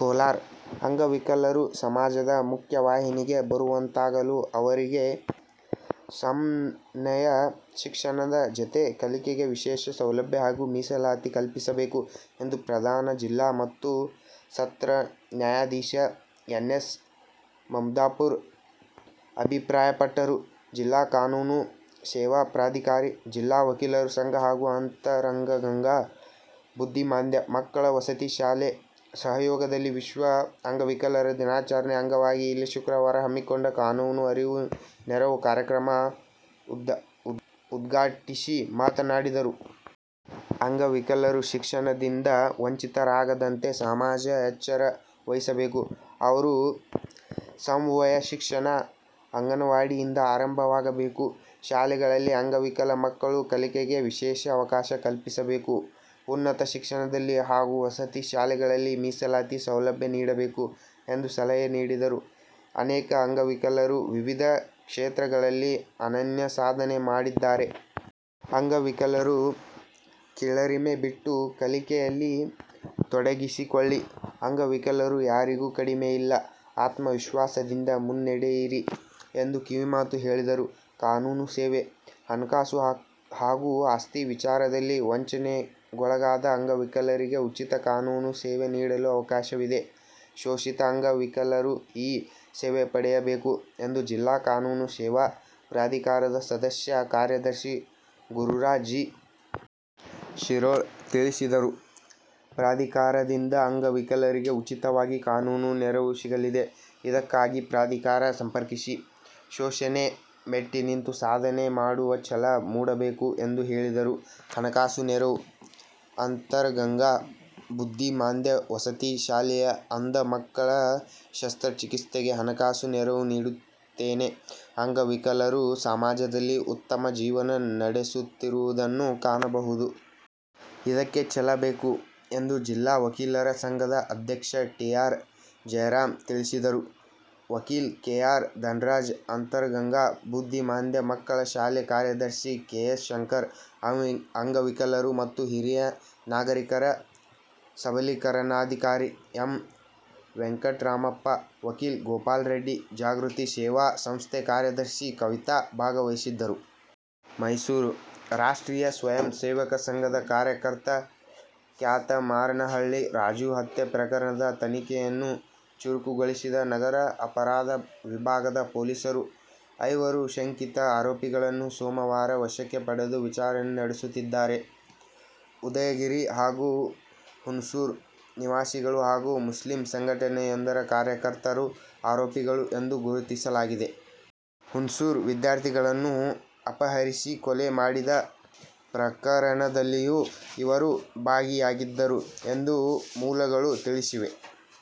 ಕೋಲಾರ: 'ಅಂಗವಿಕಲರು ಸಮಾಜದ ಮುಖ್ಯವಾಹಿನಿಗೆ ಬರುವಂತಾಗಲು ಅವರಿಗೆ ಸಮನ್ವಯ ಶಿಕ್ಷಣದ ಜತೆ ಕಲಿಕೆಗೆ ವಿಶೇಷ ಸೌಲಭ್ಯ ಹಾಗೂ ಮೀಸಲಾತಿ ಕಲ್ಪಿಸಬೇಕು' ಎಂದು ಪ್ರಧಾನ ಜಿಲ್ಲಾ ಮತ್ತು ಸತ್ರ ನ್ಯಾಯಾಧೀಶ ಎನ್. ಎಸ್. ಮಮದಾಪುರ ಅಭಿಪ್ರಾಯಪಟ್ಟರು. ಜಿಲ್ಲಾ ಕಾನೂನು ಸೇವಾ ಪ್ರಾಧಿಕಾರ, ಜಿಲ್ಲಾ ವಕೀಲರ ಸಂಘ ಹಾಗೂ ಅಂತರಗಂಗಾ ಬುದ್ಧಿಮಾಂದ್ಯ ಮಕ್ಕಳ ವಸತಿ ಶಾಲೆ ಸಹಯೋಗದಲ್ಲಿ ವಿಶ್ವ ಅಂಗವಿಕಲರ ದಿನಾಚರಣೆ ಅಂಗವಾಗಿ ಇಲ್ಲಿ ಶುಕ್ರವಾರ ಹಮ್ಮಿಕೊಂಡಿದ್ದ ಕಾನೂನು ಅರಿವು ನೆರವು ಕಾರ್ಯಕ್ರಮ ಉದ್ಘಾಟಿಸಿ ಮಾತನಾಡಿದರು. 'ಅಂಗವಿಕಲರು ಶಿಕ್ಷಣದಿಂದ ವಂಚಿತರಾಗದಂತೆ ಸಮಾಜ ಎಚ್ಚರ ವಹಿಸಬೇಕು. ಅವರ ಸಮನ್ವಯ ಶಿಕ್ಷಣ ಅಂಗನವಾಡಿಯಿಂದ ಆರಂಭವಾಗಬೇಕು. ಶಾಲೆಗಳಲ್ಲಿ ಅಂಗವಿಕಲ ಮಕ್ಕಳ ಕಲಿಕೆಗೆ ವಿಶೇಷ ಅವಕಾಶ ಕಲ್ಪಿಸಬೇಕು. ಉನ್ನತ ಶಿಕ್ಷಣದಲ್ಲಿ ಹಾಗೂ ವಸತಿ ಶಾಲೆಗಳಲ್ಲಿ ಮೀಸಲಾತಿ ಸೌಲಭ್ಯ ನೀಡಬೇಕು' ಎಂದು ಸಲಹೆ ನೀಡಿದರು. 'ಅನೇಕ ಅಂಗವಿಕಲರು ವಿವಿಧ ಕ್ಷೇತ್ರಗಳಲ್ಲಿ ಅನನ್ಯ ಸಾಧನೆ ಮಾಡಿದ್ದಾರೆ. ಅಂಗವಿಕಲರು ಕೀಳರಿಮೆ ಬಿಟ್ಟು ಕಲಿಕೆಯಲ್ಲಿ ತೊಡಗಿಸಿಕೊಳ್ಳಿ. ಅಂಗವಿಕಲರು ಯಾರಿಗೂ ಕಡಿಮೆಯಿಲ್ಲ. ಆತ್ಮವಿಶ್ವಾಸದಿಂದ ಮುನ್ನಡೆಯಿರಿ' ಎಂದು ಕಿವಿಮಾತು ಹೇಳಿದರು. ಕಾನೂನು ಸೇವೆ: 'ಹಣಕಾಸು ಹಾಗೂ ಆಸ್ತಿ ವಿಚಾರದಲ್ಲಿ ವಂಚನೆಗೊಳಗಾದ ಅಂಗವಿಕಲರಿಗೆ ಉಚಿತ ಕಾನೂನು ಸೇವೆ ನೀಡಲು ಅವಕಾಶವಿದೆ. ಶೋಷಿತ ಅಂಗವಿಕಲರು ಈ ಸೇವೆ ಪಡೆಯಬೇಕು' ಎಂದು ಜಿಲ್ಲಾ ಕಾನೂನು ಸೇವಾ ಪ್ರಾಧಿಕಾರದ ಸದಸ್ಯ ಕಾರ್ಯದರ್ಶಿ ಗುರುರಾಜ್ ಜಿ. ಶಿರೋಳ್ ತಿಳಿಸಿದರು. 'ಪ್ರಾಧಿಕಾರದಿಂದ ಅಂಗವಿಕಲರಿಗೆ ಉಚಿತವಾಗಿ ಕಾನೂನು ನೆರವು ಸಿಗಲಿದೆ. ಇದಕ್ಕಾಗಿ ಪ್ರಾಧಿಕಾರ ಸಂಪರ್ಕಿಸಿ. ಶೋಷಣೆ ಮೆಟ್ಟಿನಿಂತು ಸಾಧನೆ ಮಾಡುವ ಛಲ ಮೂಡಬೇಕು' ಎಂದು ಹೇಳಿದರು. ಹಣಕಾಸು ನೆರವು: 'ಅಂತರಗಂಗಾ ಬುದ್ಧಿಮಾಂದ್ಯ ವಸತಿ ಶಾಲೆಯ ಅಂಧ ಮಕ್ಕಳ ಶಸ್ತ್ರಚಿಕಿತ್ಸೆಗೆ ಹಣಕಾಸು ನೆರವು ನೀಡುತ್ತೇನೆ. ಅಂಗವಿಕಲರು ಸಮಾಜದಲ್ಲಿ ಉತ್ತಮ ಜೀವನ ನಡೆಸುತ್ತಿರುವುದನ್ನು ಕಾಣಬಹುದು. ಇದಕ್ಕೆ ಛಲ ಬೇಕು ಎಂದು ಜಿಲ್ಲಾ ವಕೀಲರ ಸಂಘದ ಅಧ್ಯಕ್ಷ ಟಿ. ಆರ್. ಜಯರಾಮ್ ತಿಳಿಸಿದರು. ವಕೀಲ ಕೆ. ಆರ್. ಧನರಾಜ್, ಅಂತರಗಂಗಾ ಬುದ್ಧಿಮಾಂದ್ಯ ಮಕ್ಕಳ ಶಾಲೆ ಕಾರ್ಯದರ್ಶಿ ಕೆ.ಎಸ್. ಶಂಕರ್, ಅಂಗವಿಕಲರು ಮತ್ತು ಹಿರಿಯ ನಾಗರೀಕರ ಸಬಲೀಕರಣಾಧಿಕಾರಿ ಎಂ. ವೆಂಕಟರಾಮಪ್ಪ, ವಕೀಲ ಗೋಪಾಲರೆಡ್ಡಿ, ಜಾಗೃತಿ ಸೇವಾ ಸಂಸ್ಥೆ ಕಾರ್ಯದರ್ಶಿ ಕವಿತಾ ಭಾಗವಹಿಸಿದ್ದರು. ಮೈಸೂರು: ರಾಷ್ಟ್ರೀಯ ಸ್ವಯಂ ಸೇವಕ ಸಂಘದ ಕಾರ್ಯಕರ್ತ ಕ್ಯಾತಮಾರನಹಳ್ಳಿ ರಾಜು ಹತ್ಯೆ ಪ್ರಕರಣದ ತನಿಖೆಯನ್ನು ಚುರುಕುಗೊಳಿಸಿದ ನಗರ ಅಪರಾಧ ವಿಭಾಗದ ಪೊಲೀಸರು, ಐವರು ಶಂಕಿತ ಆರೋಪಿಗಳನ್ನು ಸೋಮವಾರ ವಶಕ್ಕೆ ಪಡೆದು ವಿಚಾರಣೆ ನಡೆಸುತ್ತಿದ್ದಾರೆ. ಉದಯಗಿರಿ ಹಾಗೂ ಹುಣಸೂರು ನಿವಾಸಿಗಳು ಹಾಗೂ ಮುಸ್ಲಿಂ ಸಂಘಟನೆಯೊಂದರ ಕಾರ್ಯಕರ್ತರು ಆರೋಪಿಗಳು ಎಂದು ಗುರುತಿಸಲಾಗಿದೆ. ಹುಣಸೂರು ವಿದ್ಯಾರ್ಥಿಗಳನ್ನು ಅಪಹರಿಸಿ ಕೊಲೆ ಮಾಡಿದ ಪ್ರಕರಣದಲ್ಲಿಯೂ ಇವರು ಭಾಗಿಯಾಗಿದ್ದರು ಎಂದು ಮೂಲಗಳು ತಿಳಿಸಿವೆ.